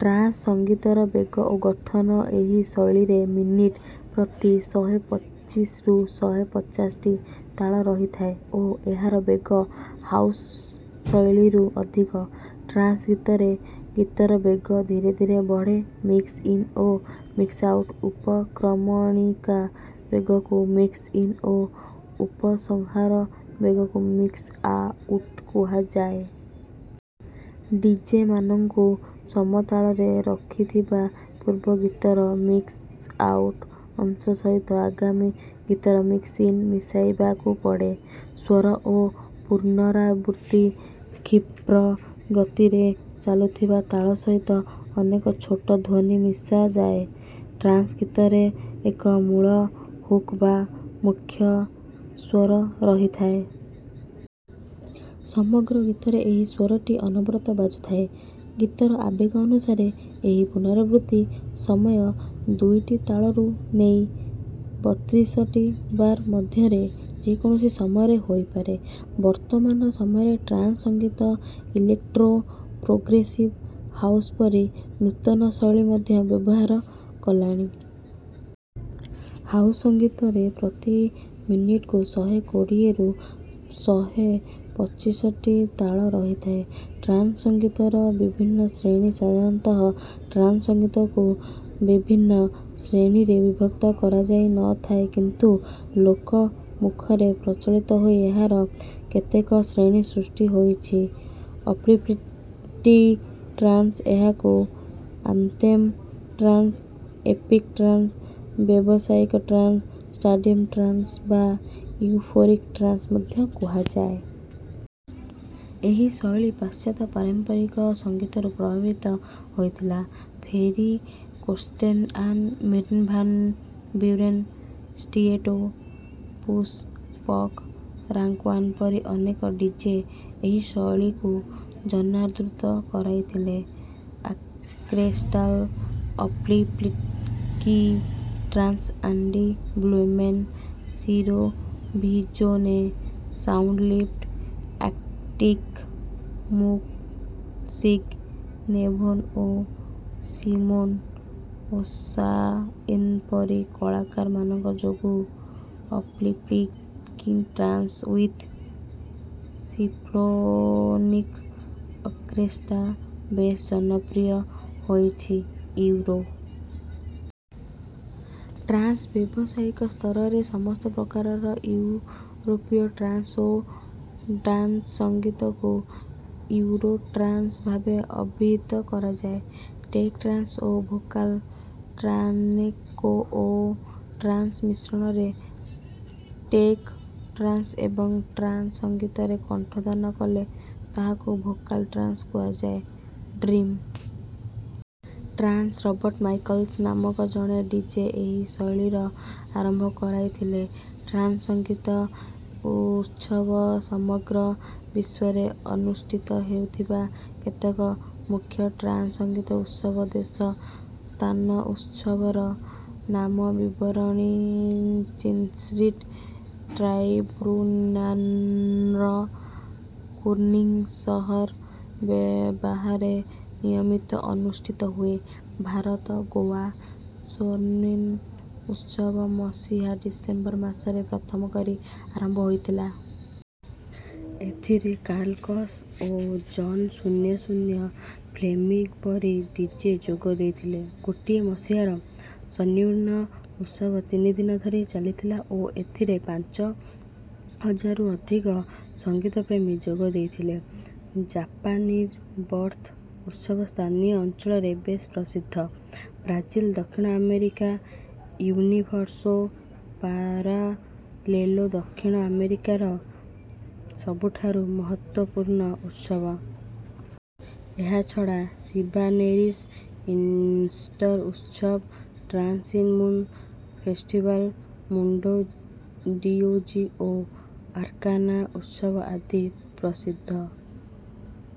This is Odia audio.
ଟ୍ରାନ୍ସ୍ ସଙ୍ଗୀତର ବେଗ ଓ ଗଠନଏହି ଶୈଳୀରେ ମିନିଟ୍ ପ୍ରତି ଶହେ ପଚିଶରୁ ଶହେ ପଞ୍ଚାଶଟି ତାଳ ରହିଥାଏ ଓ ଏହାର ବେଗ ହାଉସ୍ ଶୈଳୀରୁ ଅଧିକ। ଟ୍ରାନ୍ସ୍ ଗୀତରେ ଗୀତର ବେଗ ଧୀରେ ଧୀରେ ବଢ଼େ। ମିକ୍ସ୍-ଇନ୍ ଓ ମିକ୍ସ୍-ଆଉଟ୍ ଉପକ୍ରମଣିକା ବେଗକୁ ମିକ୍ସ୍ ଇନ୍ ଓ ଉପସଂହାର ବେଗକୁ ମିକ୍ସ୍ଆ ଉଟ୍ କୁହାଯାଏ। ଡିଜେମାନଙ୍କୁ ସମତାଳରେ ରଖିଥିବା ପୂର୍ବ ଗୀତର ମିକ୍ସ୍ଆ ଉଟ୍ ଅଂଶ ସହିତ ଆଗାମୀ ଗୀତର ମିକ୍ସ୍-ଇନ୍ ମିଶାଇବାକୁ ପଡ଼େ। ସ୍ୱର ଓ ପୁନରାବୃତ୍ତି କ୍ଷିପ୍ର ଗତିରେ ଚାଲୁଥିବା ତାଳ ସହିତ ଅନେକ ଛୋଟ ଧ୍ୱନି ମିଶାଯାଏ। ଟ୍ରାନ୍ସ୍ ଗୀତରେ ଏକ ମୂଳ ହୁକ୍ ବା ମୁଖ୍ୟ ସ୍ୱର ରହିଥାଏ। ସମଗ୍ର ଗୀତରେ ଏହି ସ୍ୱରଟି ଅନବରତ ବାଜୁଥାଏ। ଗୀତର ଆବେଗ ଅନୁସାରେ ଏହି ପୁନରାବୃତ୍ତି ସମୟ ଦୁଇଟି ତାଳରୁ ନେଇ ବତ୍ରିଶଟି ବାର୍ ମଧ୍ୟରେ ଯେକୌଣସି ସମୟରେ ହୋଇପାରେ। ବର୍ତ୍ତମାନ ସମୟରେ ଟ୍ରାନ୍ସ୍ ସଙ୍ଗୀତ ଇଲେକ୍ଟ୍ରୋ, ପ୍ରୋଗ୍ରେସିଭ୍ ହାଉସ୍ ପରି ନୂତନ ଶୈଳୀ ମଧ୍ୟ ବ୍ୟବହାର କଲାଣି। ହାଉସ୍ ସଙ୍ଗୀତରେ ପ୍ରତି ମିନିଟ୍‌କୁ ଶହେ କୋଡ଼ିଏରୁ ଶହେ ପଚିଶଟି ତାଳ ରହିଥାଏ। ଟ୍ରାନ୍ସ୍ ସଙ୍ଗୀତର ବିଭିନ୍ନ ଶ୍ରେଣୀସାଧାରଣତଃ ଟ୍ରାନ୍ସ୍ ସଙ୍ଗୀତକୁ ବିଭିନ୍ନ ଶ୍ରେଣୀରେ ବିଭକ୍ତ କରାଯାଇ ନ ଥାଏ କିନ୍ତୁ ଲୋକମୁଖରେ ପ୍ରଚଳିତ ହୋଇ ଏହାର କେତେକ ଶ୍ରେଣୀ ସୃଷ୍ଟି ହୋଇଛି ଅପ୍ରିପିକ୍ତି ଟ୍ରାନ୍ସ୍ ଏହାକୁ ଆନ୍ଥେମ୍ ଟ୍ରାନ୍ସ୍, ଏପିକ୍ ଟ୍ରାନ୍ସ୍, ବ୍ୟବସାୟିକ ଟ୍ରାନ୍ସ୍, ଷ୍ଟାଡ଼ିୟମ୍ ଟ୍ରାନ୍ସ୍ ବା ୟୁଫୋରିକ୍ ଟ୍ରାନ୍ସ୍ ମଧ୍ୟ କୁହାଯାଏ। ଏହି ଶୈଳୀ ପାଶ୍ଚାତ୍ୟ ପାରମ୍ପରିକ ସଙ୍ଗୀତରୁ ପ୍ରଭାବିତ ହୋଇଥିଲା। Ferry Corsten Armin van Buuren, Tiesto, Push, ପଂକ୍, ରାଂକ୍-ୱାନ୍ ପରି ଅନେକ ଡିଜେ ଏହି ଶୈଳୀକୁ ଜନାଦୃତ କରାଇଥିଲେ। ଆର୍କେଷ୍ଟ୍ରାଲ୍ ଅପ୍ରିପିକ୍ତି trance Andy Blueman, Ciro Visone, Soundlift Arctic Moon Sergey Nevone ଓ ସିମୋନ୍ ଓ'ଶାଇନ୍ ପରି କଳାକାରମାନଙ୍କ ଯୋଗୁଁ uplifting trance with symphonic orchestra ବେଶ୍ ଜନପ୍ରିୟ ହୋଇଛି। ୟୁରୋ ଟ୍ରାନ୍ସ୍ ବ୍ୟବସାୟିକ ସ୍ତରରେ ସମସ୍ତ ପ୍ରକାରର ଇଉରୋପୀୟ ଟ୍ରାନ୍ସ୍ ଓ ଡାନ୍ସ୍ ସଙ୍ଗୀତକୁ ୟୁରୋ ଟ୍ରାନ୍ସ୍ ଭାବେ ଅଭିହିତ କରାଯାଏ। ଟେକ୍ ଟ୍ରାନ୍ସ୍ ଓ ଭୋକାଲ୍ ଟ୍ରାନ୍ସ୍ଟେକ୍ନୋ ଓ ଟ୍ରାନ୍ସ୍ର ମିଶ୍ରଣରେ ଟେକ୍ ଟ୍ରାନ୍ସ୍ ଏବଂ ଟ୍ରାନ୍ସ୍ ସଙ୍ଗୀତରେ କଣ୍ଠଦାନ କଲେ ତାହାକୁ ଭୋକାଲ୍ ଟ୍ରାନ୍ସ୍ କୁହାଯାଏ। ଡ୍ରିମ୍ ଟ୍ରାନ୍ସ୍ ରବର୍ଟ୍ ମାଇଲ୍ସ୍ ନାମକ ଜଣେ ଡିଜେ ଏହି ଶୈଳୀର ଆରମ୍ଭ କରାଇଥିଲେ। ଟ୍ରାନ୍ସ୍ ସଙ୍ଗୀତ ଉତ୍ସବସମଗ୍ର ବିଶ୍ୱରେ ଅନୁଷ୍ଠିତ ହେଉଥିବା କେତେକ ମୁଖ୍ୟ ଟ୍ରାନ୍ସ୍ ସଙ୍ଗୀତ ଉତ୍ସବ ଦେଶ ସ୍ଥାନଉତ୍ସବର ନାମବିବରଣୀଚୀନ୍ସ୍ପିରିଟ୍ ଟ୍ରାଇବ୍ୟୁନାନ୍ର କୁନ୍ମିଂଗ୍ ସହର ବାହାରେ ନିୟମିତ ଅନୁଷ୍ଠିତ ହୁଏ। ଭାରତ ଗୋଆ ସନ୍ବିର୍ଣ୍ଣ୍ ଉତ୍ସବମସିହା ଡିସେମ୍ବର ମାସରେ ପ୍ରଥମ କରି ଆରମ୍ଭ ହୋଇଥିଲା। ଏଥିରେ କାର୍ଲ୍ କକ୍ସ୍ ଓ ଜନ୍ 'ଶୂନ୍ୟ ଶୂନ୍ୟ' ଫ୍ଲେମିଂଗ୍ ପରି ଡିଜେ ଯୋଗ ଦେଇଥିଲେ। ଗୋଟିଏ ମସିହାର ସନ୍ବର୍ଣ୍ଣ୍ ଉତ୍ସବ ତିନି ଦିନ ଧରି ଚାଲିଥିଲା ଓ ଏଥିରେ ପାଞ୍ଚ ହଜାରୁ ଅଧିକ ସଙ୍ଗୀତପ୍ରେମୀ ଯୋଗ ଦେଇଥିଲେ। ଜାପାନିର୍-ବର୍ଥ୍ ଉତ୍ସବସ୍ଥାନୀୟ ଅଞ୍ଚଳରେ ବେଶ୍ ପ୍ରସିଦ୍ଧ। ବ୍ରାଜିଲ୍ ଦକ୍ଷିଣ ଆମେରିକା ୟୁନିଭର୍ସୋ ପାରାଲେଲୋଦକ୍ଷିଣ ଆମେରିକାର ସବୁଠାରୁ ମହତ୍ତ୍ୱପୂର୍ଣ୍ଣ ଉତ୍ସବ। ଏହାଛଡ଼ା ଶିବାନେରିସ୍ ଇଷ୍ଟର୍ ଉତ୍ସବ, trance in Moon, festival Mundo de Oz ଓ ଆର୍କାନା ଉତ୍ସବ ଆଦି ପ୍ରସିଦ୍ଧ